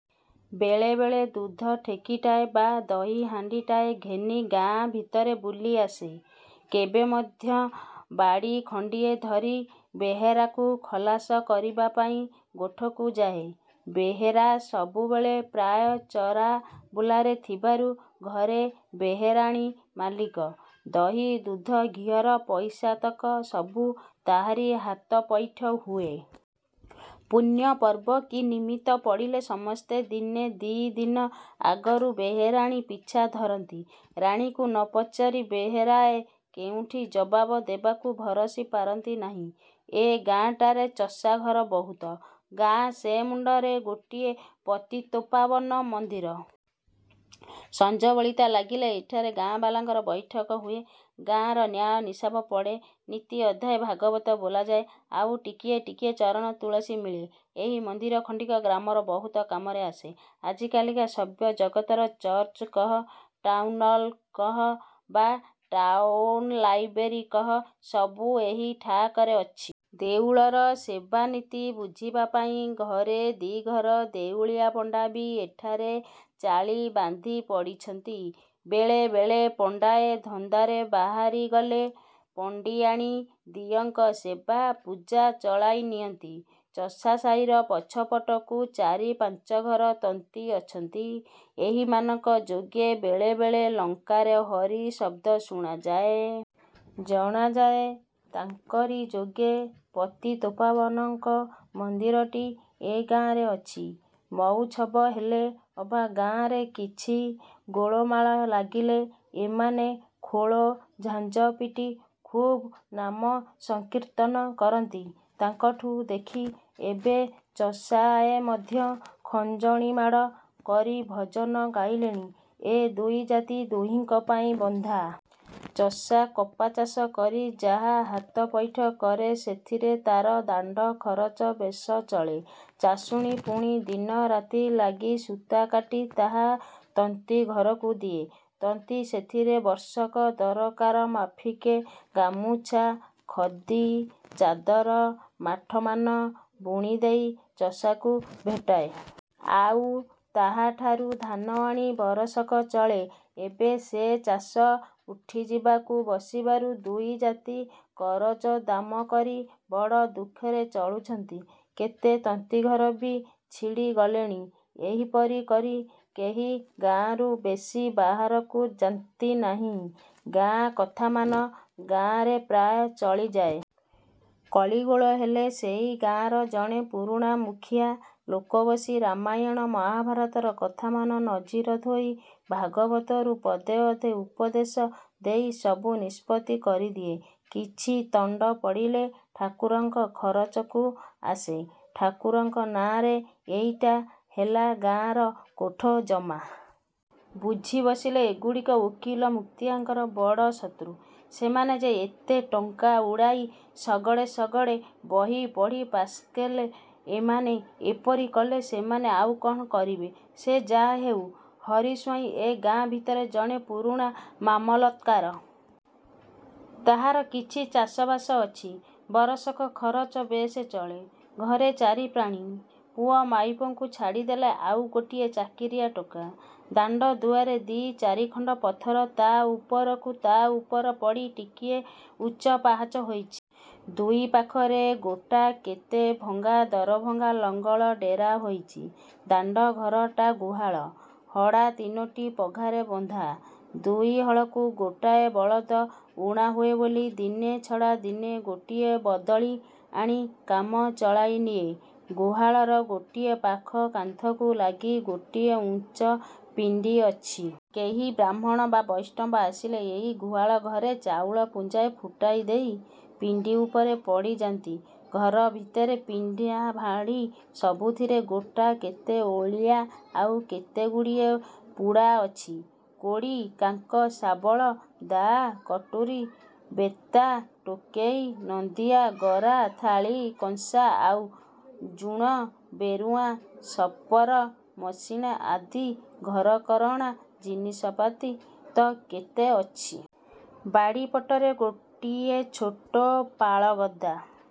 ବେଳେ ବେଳେ ଦୁଧ ଠେକିଟାଏ ବା ଦହି ହାଣ୍ତିଟାଏ ଘେନି ଗାଁ ଭିତରେ ବୁଲି ଆସେ। କେବେ ମଧ୍ୟ ବାଡ଼ି ଖଣ୍ତିଏ ଧରି ବେହେରାକୁ ଖଲାସ କରିବାପାଇଁ ଗୋଠକୁ ଯାଏ। ବେହେରା ସବୁବେଳେ ପ୍ରାୟ ଚରା ବୁଲାରେ ଥିବାରୁ ଘରେ ବେହେରାଣୀ ମାଲିକ। ଦହି ଦୁଧ ଘିଅର ପଇସାତକ ସବୁ ତାହାରି ହାତପୈଠ ହୁଏ। ପୁଣ୍ୟ ପର୍ବ କି ନିମିତ୍ତ ପଡ଼ିଲେ ସମସ୍ତେ ଦିନେ ଦି' ଦିନ ଆଗରୁ ବେହେରାଣୀ ପିଛା ଧରନ୍ତି। ରାଣୀଙ୍କୁ ନ ପଚାରି ବେହେରାଏ କେଉଁଠି ଜବାବ ଦେବାକୁ ଭରସି ପାରନ୍ତି ନାହିଁ। ଏ ଗାଁଟାରେ ଚଷା ଘର ବହୁତ। ଗାଁ ସେମୁଣ୍ତରେ ଗୋଟିଏ ପତିତପାବନ ମନ୍ଦିର। ସଞ୍ଜବଳିତା ଲାଗିଲେ ଏଠାରେ ଗାଁବାଲାଙ୍କର ବୈଠକ ହୁଏ। ଗାଁର ନ୍ୟାୟ ନିଶାପ ପଡ଼େ। ନିତି ଅଧ୍ୟାୟେ ଭାଗବତ ବୋଲାଯାଏ, ଆଉ ଟିକିଏ ଟିକିଏ ଚରଣ-ତୁଳସୀ ମିଳେ। ଏହି ମନ୍ଦିର ଖଣ୍ତିକ ଗ୍ରାମର ବହୁତ କାମରେ ଆସେ। ଆଜିକାଲିକା ସଭ୍ୟ ଜଗତର ଚର୍ଚ୍ଚ କହ ଟାଉନ୍ହଲ୍ କହ ବା ଟାଉନ୍ଲାଇବ୍ରେରୀ କହ, ସବୁ ଏହି ଠାଆକରେ ଅଛି। ଦେଉଳର ସେବା ନିତି ବୁଝିବାପାଇଁ ଘରେ ଦି'ଘର ଦେଉଳିଆ ପଣ୍ତା ବି ଏଠାରେ ଚାଳି ବାନ୍ଧି ପଡ଼ିଛନ୍ତି। ବେଳେ ବେଳେ ପଣ୍ତାଏ ଧନ୍ଦାରେ ବାହାରିଗଲେ ପଣ୍ତିଆଣୀ ଦିଅଁଙ୍କ ସେବା ପୂଜା ଚଳାଇ ନିଅନ୍ତି। ଚଷା ସାହିର ପଛପଟକୁ ଚାରି ପାଞ୍ଚ ଘର ତନ୍ତୀ ଅଛନ୍ତି। ଏହିମାନଙ୍କ ଯୋଗେ ବେଳେ ବେଳେ ଲଙ୍କାରେ ହରି ଶବ୍ଦ ଶୁଣାଯାଏ। ଜଣାଯାଏ, ତାଙ୍କରି ଯୋଗେ ପତିତପାବନଙ୍କ ମନ୍ଦିରଟି ଏ ଗାଁରେ ଅଛି। ମଉଛବ ହେଲେ ଅବା ଗାଁରେ କିଛି ଗୋଳମାଳ ଲାଗିଲେ ଏମାନେ ଖୋଳ ଝାଞ୍ଜ ପିଟି ଖୁବ ନାମ ସଂକୀର୍ତ୍ତନ କରନ୍ତି। ତାଙ୍କଠୁଁ ଦେଖି ଏବେ ଚଷାଏ ମଧ୍ୟ ଖଞ୍ଜଣିମାଡ଼ କରି ଭଜନ ଗାଇଲେଣି। ଏ ଦୁଇ ଜାତି ଦୁହିଙ୍କ ପାଇଁ ବନ୍ଧା। ଚଷା କପା ଚାଷ କରି ଯାହା ହାତପୈଠ କରେ, ସେଥିରେ ତାର ଦାଣ୍ତ ଖରଚ ବେଶ ଚଳେ। ଚାଷୁଣୀ ପୁଣି ଦିନ ରାତି ଲାଗି ସୂତା କାଟି ତାହା ତନ୍ତୀ ଘରକୁ ଦିଏ। ତନ୍ତୀ ସେଥିରେ ବର୍ଷକ ଦରକାରମାଫିକେ ଗାମୁଛା, ଖଦି, ଚାଦର, ମାଠମାନ ବୁଣିଦେଇ ଚଷାକୁ ଭେଟାଏ। ଆଉ ତାହାଠାରୁ ଧାନ ଆଣି ବରଷକ ଚଳେ। ଏବେ ସେ ଚାଷ ଉଠିଯିବାକୁ ବସିବାରୁ ଦୁଇ ଜାତି କରଜଦାମ କରି ବଡ଼ ଦୁଃଖରେ ଚଳୁଛନ୍ତି। କେତେ ତନ୍ତିଘର ବି ଛିଡ଼ି ଗଲେଣି। ଏହିପରି କରି କେହି ଗାଁରୁ ବେଶି ବାହାରକୁ ଯାନ୍ତି ନାହିଁ। ଗାଁକଥାମାନ ଗାଁରେ ପ୍ରାୟ ଚଳିଯାଏ। କଳିଗୋଳ ହେଲେ ସେହି ଗାଁର ଜଣେ ପୁରୁଣା ମୁଖିଆ ଲୋକ ବସି ରାମାୟଣ ମହାଭାରତର କଥାମାନ ନଜୀର ଥୋଇ ଭାଗବତରୁ ପଦେ ଅଧେ ଉପଦେଶ ଦେଇ ସବୁ ନିଷ୍ପତ୍ତି କରିଦିଏ। କିଛି ତଣ୍ତ ପଡ଼ିଲେ ଠାକୁରଙ୍କ ଖରଚକୁ ଆସେ। ଠାକୁରଙ୍କ ନାଁରେ ଏଇଟା ହେଲା ଗାଁର କୋଠ ଜମା। ବୁଝି ବସିଲେ ଏଗୁଡ଼ିକ ଓକିଲ ମୁକ୍ତିଆରଙ୍କର ବଡ଼ ଶତ୍ରୁ। ସେମାନେ ଯେ ଏତେ ଟଙ୍କା ଉଡ଼ାଇ ଶଗଡ଼େ ଶଗଡ଼େ ବହି ପଢ଼ି ପାସ୍କଲେ, ଏମାନେ ଏପରି କଲେ ସେମାନେ ଆଉ କଣ କରିବେ! ସେ ଯାହାହେଉ ହରି ସ୍ୱାଇଁ ଏ ଗାଁ ଭିତରେ ଜଣେ ପୁରୁଣା ମାମଲତ୍କାର। ତାହାର କିଛି ଚାଷ ବାସ ଅଛି। ବରଷକ ଖରଚ ବେଶ୍ ଚଳେ। ଘରେ ଚାରି ପ୍ରାଣୀ। ପୁଅ ମାଇପଙ୍କୁ ଛାଡ଼ିଦେଲେ ଆଉ ଗୋଟିଏ ଚାକିରିଆ ଟୋକା। ଦାଣ୍ତ ଦୁଆରେ ଦି'ଚାରି ଖଣ୍ତ ପଥର ତା ଉପରକୁ ତା ଉପର ପଡ଼ି ଟିକିଏ ଉଚ୍ଚ ପାହାଚ ହୋଇଛି। ଦୁଇ ପାଖରେ ଗୋଟାକେତେ ଭଙ୍ଗା ଦରଭଙ୍ଗା ଲଙ୍ଗଳ ଡେରା ହୋଇଛି। ଦାଣ୍ତ ଘରଟା ଗୁହାଳ। ହଡ଼ା ତିନୋଟି ପଘାରେ ବନ୍ଧା। ଦୁଇ ହଳକୁ ଗୋଟାଏ ବଳଦ ଊଣା ହୁଏ ବୋଲି ଦିନେ ଛଡ଼ା ଦିନେ ଗୋଟିଏ ବଦଳି ଆଣି କାମ ଚଳାଇନିଏ। ଗୁହାଳର ଗୋଟିଏ ପାଖ କାନ୍ଥକୁ ଲାଗି ଗୋଟିଏ ଉଞ୍ଚ ପିଣ୍ତୀ ଅଛି। କେହି ବ୍ରାହ୍ମଣ ବା ବୈଷ୍ଣବ ଆସିଲେ ଏହି ଗୁହାଳ ଘରେ ଚାଉଳ ପୁଞ୍ଜାଏ ଫୁଟାଇ ଦେଇ। ପିଣ୍ତୀ ଉପରେ ପଡ଼ିଯାନ୍ତି। ଘର ଭିତରେ ପିଣ୍ତା ଭାଡ଼ି ସବୁଥିରେ ଗୋଟାକେତେ ଓଳିଆ ଆଉ କେତେଗୁଡ଼ିଏ ପୁଡ଼ା ଅଛି। କୋଡ଼ି, କାଙ୍କ, ଶାବଳ, ଦା, କଟୁରୀ, ବେତା, ଟୋକେଇ, ନନ୍ଦିଆ, ଗରା, ଥାଳି, କଂସା ଆଉ ଜୁଣ-ବେରୁଁଆ, ଶପର ମସିଣା ଆଦି ଘରକରଣା ଜିନିଷପାତି ତ କେତେ ଅଛି। ବାଡ଼ିପଟରେ ଗୋଟିଏ ଛୋଟ ପାଳଗଦା।